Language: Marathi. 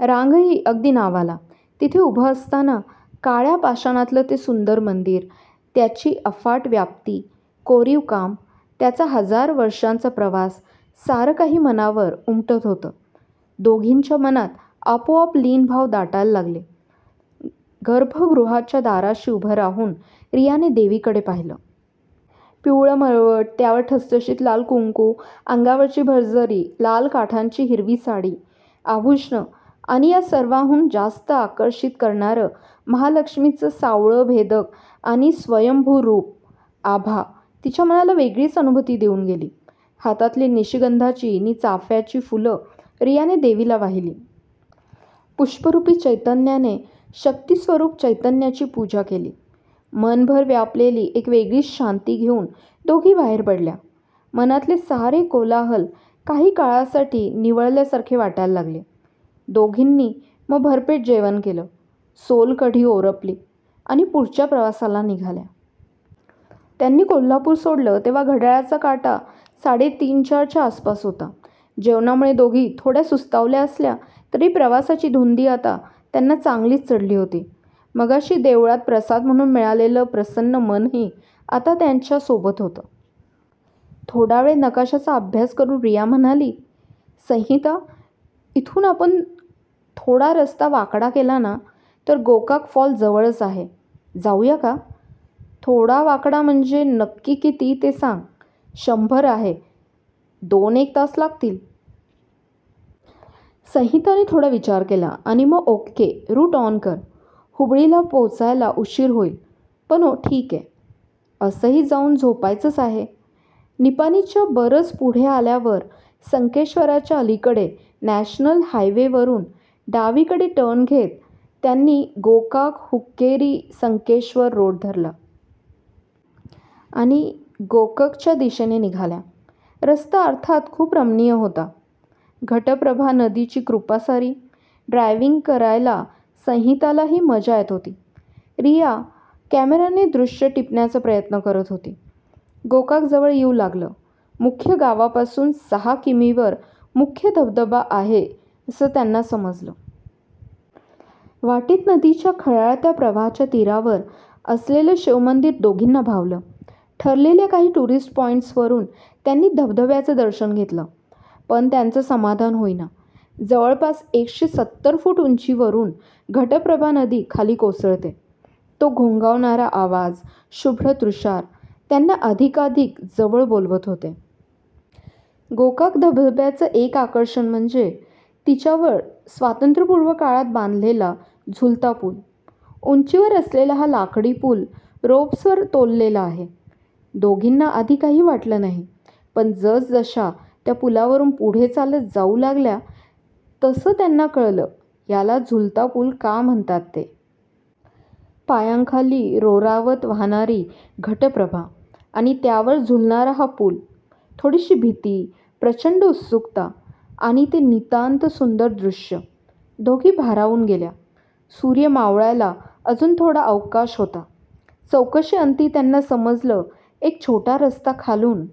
रांगही अगदी नावाला. तिथे उभं असताना काळ्या पाषाणातलं ते सुंदर मंदिर, त्याची अफाट व्याप्ती, कोरीवकाम, त्याचा हजार एक वर्षांचा प्रवास सारं काही मनावर उमटत होतं. दोघींच्या मनात आपोआप लीन भाव दाटायला लागले. गर्भगृहाच्या दाराशी उभं राहून रियाने देवीकडे पाहिलं. पिवळं मळवट, त्यावर ठसठशीत लाल कुंकू, अंगावरची भरजरी लाल काठांची हिरवी साडी, आभूषणे आणि या सर्वाहून जास्त आकर्षित करणारं महालक्ष्मीचं सावळं, भेदक, आणि स्वयंभू रूप, आभा तिच्या मनाला वेगळीच अनुभूती देऊन गेली. हातातली निशिगंधाची नि चाफ्याची फुलं रियाने देवीला वाहिली. पुष्परूपी चैतन्याने शक्तीस्वरूप चैतन्याची पुजा केली! मनभर व्यापलेली एक वेगळीच शांती घेऊन दोघी बाहेर पडल्या. मनातले सारे कोलाहल काही काळासाठी निवळल्या सारखे वाटायला लागले. दोघींनी मग भरपेट जेवण केलं. सोलकढी ओरपली. आणि पुढच्या प्रवासाला निघाल्या. त्यांनी कोल्हापूर सोडलं तेव्हा घड्याळाचा काटा साडे तीनचार च्या आसपास होता. जेवणामुळे दोघी थोड्या सुस्तावल्या असल्या तरी प्रवासाची धुंदी आता त्यांना चांगलीच चढली होती. मगाशी देवळात प्रसाद म्हणून मिळालेलं प्रसन्न मनही आता त्यांच्या सोबत होतं. थोडावेळ नकाशाचा अभ्यास करून रिया म्हणाली, संहिता, इथून आपण थोडा रस्ता वाकडा केला ना तर गोकाक फॉल जवळच आहे. जाऊया का? थोडा वाकडा म्हणजे नक्की किती ते सांग. शंभर आहे. दोन एक तास लागतील. संहिता ने थोडा विचार केला. आणि मग, ओक्के, रूट ऑन कर. हुबळीला पोचायला उशीर होईल पण ठिके. असंही जाऊन झोपायचंच आहे. निपाणीच्या बरंच पुढे आल्यावर संकेश्वरच्या अलिकडे नॅशनल हायवे वरुन डावीकडे टर्न घेत त्यांनी गोकाकहुक्केरीसंकेश्वर रोड धरला. आणि गोककच्या दिशेने निघाल्या. रस्ता अर्थात खूप रमणीय होता. घट्प्रभा नदीची कृपा सारी. ड्रायविंग करायला संहितालाही मजा येत होती. रिया कमेर्याने दृश्य टिपण्याचा प्रयत्न करत होती. गोकाक जवळ येऊ लागलं. मुख्य गावापासून सहा किमीवर मुख्य धबधबा आहेसं त्यांना समजलं. वाटेत नदीच्या खळाळत्या प्रवाहाच्या तीरावर असलेलं शिवमंदिर दोघींना भावलं. ठरलेल्या काही टुरिस्ट पॉईंट्स वरुन त्यांनी धबधब्याचं दर्शन घेतलं. पण त्यांचं समाधान होईना. जवळपास एकशेसत्तर फुट उंचीवरून घटप्रभा नदी खाली कोसळते. तो घोंघावणारा आवाज, शुभ्र तुषार त्यांना अधिकाधिक जवळ बोलावत होते. गोकाक धबधब्याचं एक आकर्षण म्हणजे, तिच्यावर स्वातंत्र्यपूर्व काळात बांधलेला झुलता पूल. उंचीवर असलेला हा लाकडी पूल रोप्स वर तोललेला आहे. दोघींना आधी काही वाटलं नाही. पण जसजशा त्या पूलावरून पुढे चालत जाऊ लागल्या तसं त्यांना कळलं याला झुलता पूल का म्हणतात ते. पायांखाली रोरावत वाहणारी घटप्रभा आणि त्यावर झुलणारा हा पूल. थोडीशी भीती, प्रचंड उत्सुकता आणि ते नितांत सुंदर दृश्य. दोघी भारावून गेल्या. सूर्य मावळायला अजून थोडा अवकाश होता॰चौकशी अंती त्यांना समजलं, एक छोटा रस्ता खालून